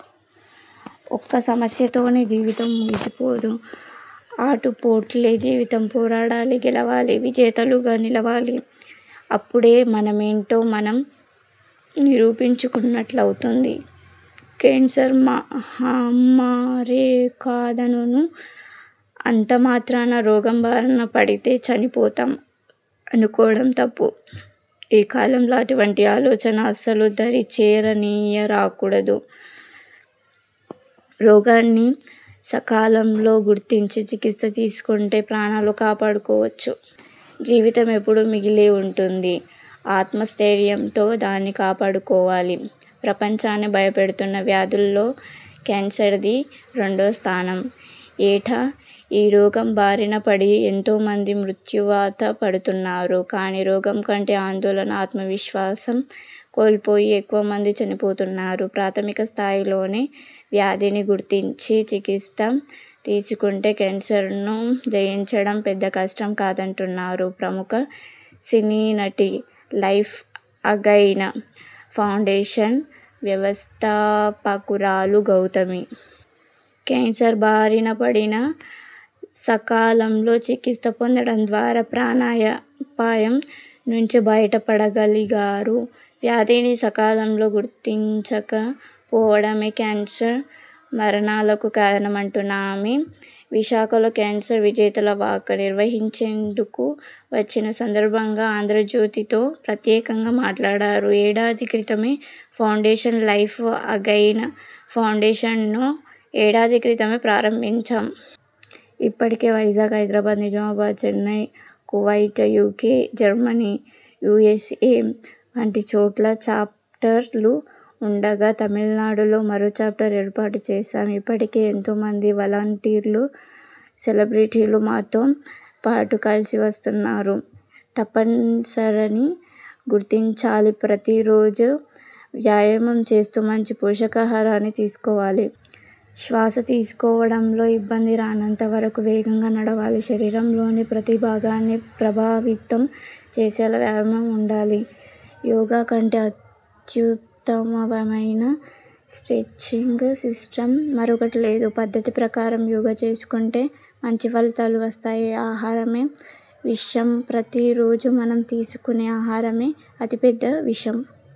ఒక్క సమస్యతోనే జీవితం ముగిసిపోదు. ఆటుపోట్లే జీవితం పోరాడాలి, గెలవాలి, విజేతలుగా నిలవాలి. అప్పుడే మనమేంటో మనం నిరూపించుకున్నట్లవుతుంది. కేన్సర్ మహమ్మారేకాదనను. అంతమాత్రాన రోగం బారిన పడితే చనిపోతాం అనుకోవడం తప్పు. ఈ కాలంలో అటువంటి ఆలోచన అస్సలు దరిచేర నీయకూడదు. రోగాన్ని సకాలంలో గుర్తించి చికిత్స తీసుకుంటే ప్రాణాలు కాపాడుకోవచ్చు. జీవితం ఎప్పుడూ మిగిలే ఉంటుంది. ఆత్మస్థైర్యంతో దాన్ని కాపాడుకోవాలి. ప్రపంచాన్ని భయపెడుతున్న వ్యాధుల్లో కేన్సర్ది రెండో స్థానం. ఏటా ఈ రోగం బారినపడి ఎంతోమంది మృత్యువాత పడుతున్నారు. కానీ రోగం కంటే ఆందోళన, ఆత్మవిశ్వాసం కోల్పోయి ఎక్కువ మంది చనిపోతున్నారు. ప్రాథమిక స్థాయిలోనే వ్యాధిని గుర్తించి చికిత్స తీసుకుంటే కేన్సర్ను జయించడం పెద్ద కష్టం కాదంటున్నారు ప్రముఖ సినీనటి, 'లైఫ్ అగైన్' ఫౌండేషన్ వ్యవస్థాపకురాలు గౌతమి. కేన్సర్ బారినపడినా సకాలంలో చికిత్స పొందడం ద్వారా ప్రాణాపాయం నుంచి బయటపడగలిగారు. వ్యాధిని సకాలంలో గుర్తించక పోవడమే కేన్సర్ మరణాలకు కారణం అంటున్న ఆమె విశాఖలో 'కేన్సర్ విజేతల వాక్' నిర్వహించేందుకు వచ్చిన సందర్భంగా 'ఆంధ్రజ్యోతి'తో ప్రత్యేకంగా మాట్లాడారు. ఏడాది క్రితమే ఫౌండేషన్'లైఫ్ అగైన్' ఫౌండేషన్ను ఏడాది క్రితమే ప్రారంభించాం. ఇప్పటికే Vizag, Hyderabad, Nizamabad, Chennai, Kuwait, UK, Germany, USA వంటి చోట్ల చాప్టర్లు ఉండగా, తమిళనాడులో మరో చాప్టర్ ఏర్పాటుచేశాం. ఇప్పటికే ఎంతోమంది వలంటీర్లు, సెలబ్రిటీలు మాతో పాటు కలిసి వస్తున్నారు. తప్పనిసరని గుర్తించాలిప్రతి రోజూ వ్యాయామం చేస్తూ మంచి పోషకాహారాన్ని తీసుకోవాలి. శ్వాసతీసుకోవడంలో ఇబ్బంది రానంత వరకు వేగంగా నడవాలి. శరీరంలోని ప్రతిభాగాన్ని ప్రభావితం చేసేలా వ్యాయామం ఉండాలి. యోగాకంటే అత్యుత్తమమైన స్టెచ్చింగ్ సిస్టమ్ మరొకటి లేదు. పద్ధతి ప్రకారం యోగా చేసుకుంటే మంచి ఫలితాలు వస్తాయి. ఆహారమే విషం ప్రతి రోజూ మనం తీసుకునే ఆహారమే అతి పెద్ద విషం.